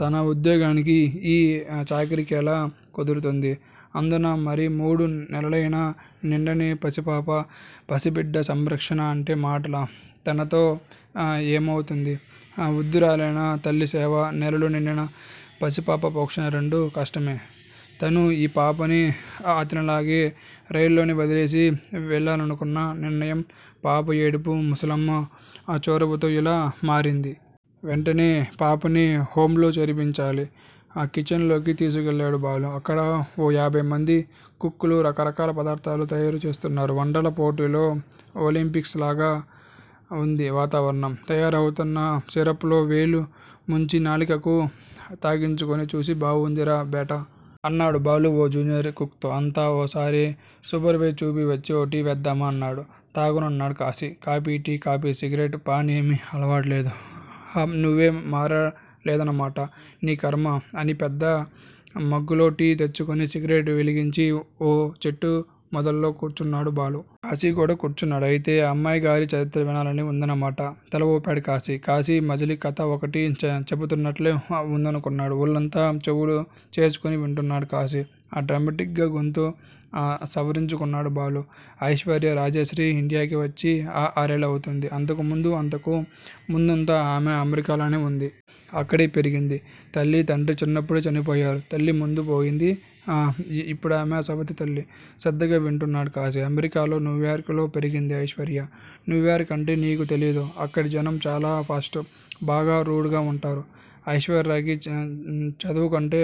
తన ఉద్యోగానికి యీ చాకిరికీ ఎలా కుదురుతుంది. అందునా మరీ మూడు నెలలయినా నిండని పసిపాప! పసిబిడ్డ సంరక్షణ అంటే మాటలా! తనతో ఏమవుతుంది వృద్దురాలైన తల్లి సేవ, నెలలు నిండని పసిపాప పోషణ రెండూ కష్టమే! తను యీ పాపని అతనిలాగే రైల్లోనే వదిలేసి వెళ్ళాలనుకున్న నిర్ణయం పాప ఏడుపూ ముసలమ్మ చొరవతో యిల మారింది. వెంటనే పాపని హొంలో చేర్పించాలి. కిచెన్ లోకి తీసుకెళ్ళాడు బాలు. అక్కడ ఓ యాభై మంది కుక్ లు రకరకాల పదార్థాలు తయారు చేస్తున్నారు. వంటల పోటీల్లో ఒలింపిక్స్ లాగా ఉంది వాతావరణం. తయారవుతున్న సిరప్ లో వేలు ముంచి నాలికకు తాకించుకుని చూసి బావుందిరా బేటా! అన్నాడు బాలూ ఓ జూనియర్ కుక్ తో. అంతా ఓసారి సూపర్ వైజ్ చేసివచ్చి ఒక టీ వేద్దామా! అన్నాడు. తాగను అన్నాడు Kashi. Coffee tea, coffee, cigarette, paan ఏవీ అలవాటు లేదు నువ్వేం మారలేదన్నమాట! నీ ఖర్మ! అని పెద్ద మగ్గులో టీ తెచ్చుకుని సిగరెట్ వెలిగించి ఓ చెట్టు మొదల్లో కూర్చున్నాడు బాలూ. కాశీ కూడా కూర్చున్నాడు. అయితే అమ్మాయిగారి చరిత్ర వినాలని ఉందన్నమాట! తలఊపాడు కాశీ. కాశీమజిలీ కథ ఒకటి చెబుతున్నట్లే ఉంటుందనుకో! ఒళ్ళంతా చెవులు చేసుకుని వింటున్నాడు కాశీ. డ్రమెటిక్ గా గొంతు సవరించుకున్నాడు బాలూ. ఐశ్వర్య రాజ్యశ్రీ ఇండియాకి వచ్చి ఆర్నెల్లు అవుతోంది అంతకు ముందు అంతకు ముందంతా ఆమె అమెరికాలోనే ఉంది. అక్కడే పెరిగింది. తల్లీతండ్రీ చిన్నప్పుడే చనిపోయారు. తల్లి ముందు పోయింది. ఇప్పుడు ఆమె సవతి తల్లి. శ్రద్ధగా వింటున్నాడు కాశీ. అమెరికాలో న్యూయార్క్ లో పెరిగింది ఐశ్వర్య. న్యూయార్క్ అంటే నీకు తెలీదు. అక్కడి జనం చాలా ఫాస్టు. బాగా రూడ్ గా ఉంటారు. ఐశ్వర్యకి చదువుకంటే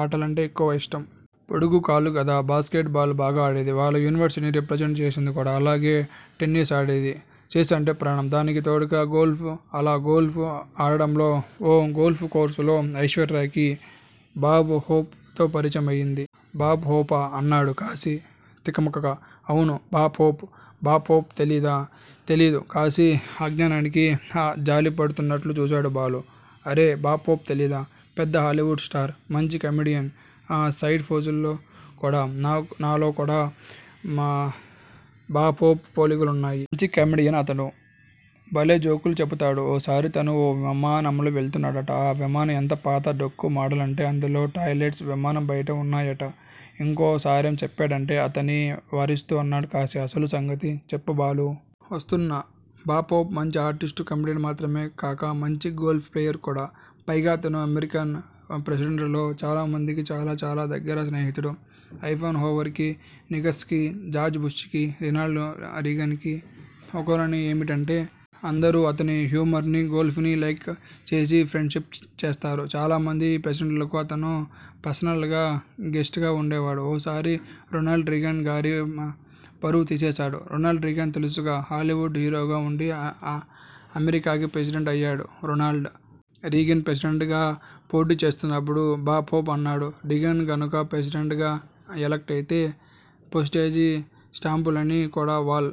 ఆటలంటే ఎక్కువ ఇష్టం. పొడుగు కాళ్ళు కదా. బాస్కెట్ బాల్ బాగా ఆడేది. వాళ్ళ యూనివర్సిటీని రిప్రజెంట్ చేసింది కూడా. అలాగే టెన్నిస్ ఆడేది. ఛెస్ అంటే ప్రాణం. దానికి తోడుగా గోల్ఫ్ అలా గోల్ఫ్ ఆడటంలో ఓ గోల్ఫ్ కోర్సులో ఐశ్వర్యకి బాబ్ హోప్ తో పరిచయం అయింది. బాబ్ హోపా? అన్నాడు కాశీ తికమకగా. అవును. Bob Hope. బాబ్ హోప్ తెలీదా? తెలీదు కాశీ అజ్ఞానానికి జాలిపడుతున్నట్లు చూశాడు బాలూ. అరె బాబ్ హోప్ తెలీదా! పెద్ద హాలివుడ్ స్టార్. మంచి కమెడియన్. సైడ్ ఫోజులో చూడు. నాలో కూడా బాబ్ హోప్ పోలికలు ఉన్నాయ్. మంచి కమెడియన్ అతను. బలే జోకులు చెబుతాడు. ఓసారి తను ఓ విమానంలో వెళ్తున్నాడుట. ఆ విమానం ఎంత పాత డొక్కు మోడలంటే అందులో టాయ్ లెట్స్ విమానం బయట ఉన్నాయట. ఇంకోసారేం చెప్పాడంటే అతన్ని వారిస్తూ అన్నాడు కాశీ. అసలు సంగతి చెప్పు బాలూ. వస్తున్నా. బాబ్ హోప్ మంచి ఆర్టిస్టూ, కమేడియనూ మాత్రమే కాక మంచి గోల్ఫ్ ప్లేయర్ కూడా. పైగా అతను అమెరికన్ ప్రెసిడెంట్లలో చాలా మందికి చాలా చాలా దగ్గర స్నేహితుడు. ఐసెన్ హోవర్ కి, నిక్సన్ కి, జార్జ్ బుష్ కీ, రొనాల్డ్ రీగన్ కి ఒకళ్ళని ఏమిటిలే. అందరూ అతని హ్యూమర్ నీ, గోల్ఫ్ నీ లైక్ చేసి ఫ్రెండ్ షిప్ చేస్తారు. చాలామంది ప్రెసిడెంట్లకు అతను పర్సనల్ గెస్టుగా ఉండేవాడు. ఓసారి రొనాల్డ్ రీగన్ గారి పరువు తీసేశాడు. రొనాల్డ్ రీగన్ తెలుసుగా. హాలివుడ్ హీరోగా ఉండి అమెరికాకి ప్రెసిడెంటు అయ్యాడు. రోనాల్డ్ రీగన్ ప్రెసిడెంట్ గా పోటీ చేస్తున్నప్పుడు బాబ్ హోప్ అన్నాడూ రీగన్ గనక ప్రెసిడెంట్ గా ఎలెక్ట్ అయితే, పోస్టేజి స్టాంపులని కూడా వాల్